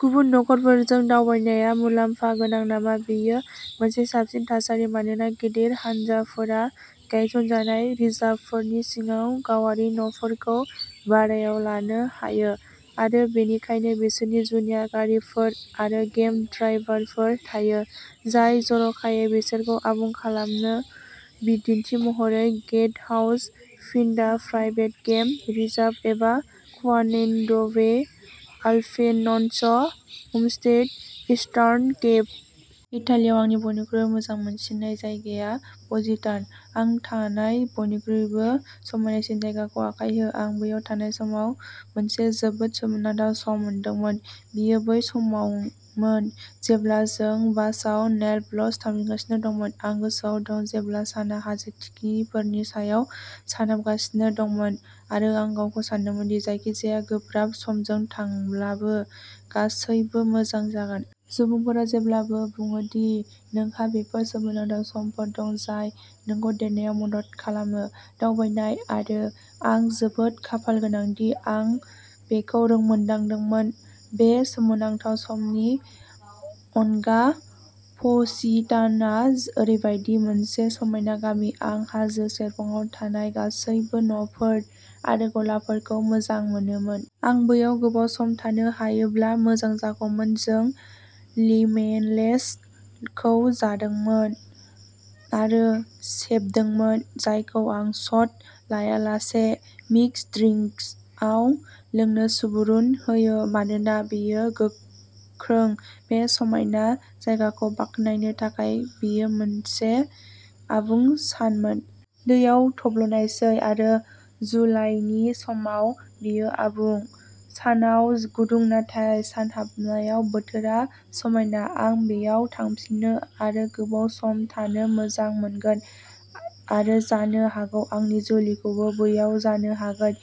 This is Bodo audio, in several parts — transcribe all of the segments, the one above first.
गुबुन नखरफोरजों दावबायनाया मुलाम्फा गोनां नामा? बेयो मोनसे साबसिन थासारि मानोना गिदिर हानजाफोरा गायसनजानाय रिजार्भफोरनि सिङाव गावारि न'फोरखौ भारायाव लानो हायो आरो बेनिखायनो बिसोरनाव जुनिया गारिफोर आरो गेम ड्राइभफोर थायो, जाय जर'खायै बिसोरखौ आबुं खालामो, बिदिन्थि महरै, गेटि house, Phinda private game reserve एबा Kwandwe Uplands Homestead, Eastern Cape. इटालियाव आंनि बयनिख्रुइबो मोजां मोनसिननाय जायगाया पजिटान'। आं थांनाय बयनिख्रुइबो समायनासिन जायगाखौ आखाइ हो। आं बैयाव थानाय समाव मोनसे जोबोद सोमोनांथाव सम मोनदोंमोन। बेयो बै समावमोन जेब्ला जों बासआव नेपल्स थांफिनगासिनो दंमोन। आं गोसोआव दं जेब्ला सानआ हाजो थिखिनिफोरनि सायाव सानहाबगासिनो दंमोन आरो आं गावखौ सानदोंमोन दि जायखिजाया गोब्राब समजों थांब्लाबो गासैबो मोजां जागोन। सुबुंफोरा जेब्लाबो बुङो दि नोंहा बेफोर सोमोनांथाव समफोर दं जाय नोंखौ देरनायाव मदद खालामो। दावबायनायाव आरो आं जोबोद खाफालगोनां दि आं बेखौ रोंमोन्दांदोंमोन। बे सोमोनांथाव समनि अनगा प'सितान'आ ओरैबायदि मोनसे समायना गामि। आं हाजोनि सेरफाङाव थानाय गासैबो न'फोर आरो गलाफोरखौ मोजां मोनोमोन। आं बैयाव गोबाव सम थानो हायोब्ला मोजांमोनगौमोन। जों लिमनसेल'खौ जादोंमोन आरो सेबदोंमोन, जायखौ आं शट लायालासे मिक्स ड्रिंक्सआव लोंनो सुबुरुन होयो मानोना बेयो गोख्रों। बे समायना जायगाखौ बाख्नायनो थाखाय बेयो मोनसे आबुं सानमोन। दैआव थब्लनायसै आरो जुलाइनि समाव बेयो आबुं। सानाव गुदुं नाथाय सानहाबनायाव बोथोरा समायना। आं बैयाव थांफिननो आरो गोबाव सम थानो मोजां मोनगोन आरो जानो हागौ आंनि जुलिखौबो बैयाव जानो हागोन।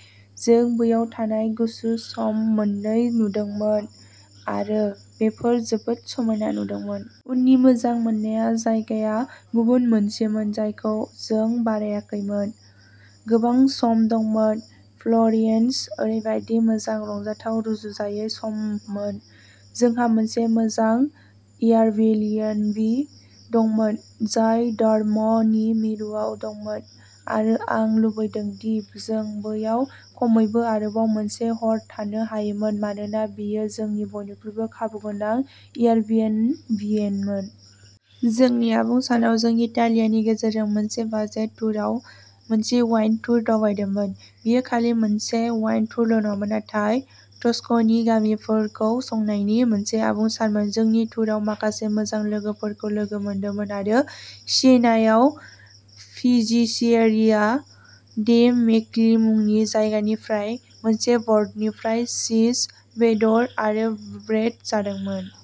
जों बैयाव थानाय गुसुं समाव मोननै नुदोंमोन आरो बेफोर जोबोद समायना नुदोंमोन। उननि मोजां मोनजानाय जायगाया गुबुन मोनसेमोन जायखौ जों बाराखैमोन। गोबां सम दंमोन। फ्लरेन्सआ ओरैबायदि मोनसे रंजाथाव, रुजुजायै सममोन। जोंहा मोनसे मोजां एयारबिएनबि दंमोन जाय डर्म'नि मिरुआव दंमोन आरो आं लुबैदों दि जों बैयाव खमैबो आरोबाव मोनसे हर थानो हायोमोन मानोना बेयो जोंनि बयनिख्रुइबो खाबुगोनां एयारबिएनबिमोन। जोंनि आबुं सानाव जों इटालिनि गेजेरजों मोनसे बाजेट टुरआव मोनसे वाइन टुर दावबायदोंमोन। बेयो खालि मोनसे वाइन टुरल'नङामोन, नाथाय टस्कनीनि गामिफोरखौ संनायनि मोनसे आबुं सानमोन। जोंनि टुरआव माखासे मोजां लोगोफोरखौ लोगो मोनदोंमोन आरो सियेनायाव पिजिचेरिया डे मिक'ली मुंनि जायगानिफ्राय मोनसे बर्डनिफ्राय चीज, बेदर आरो ब्रेड जादोंमोन।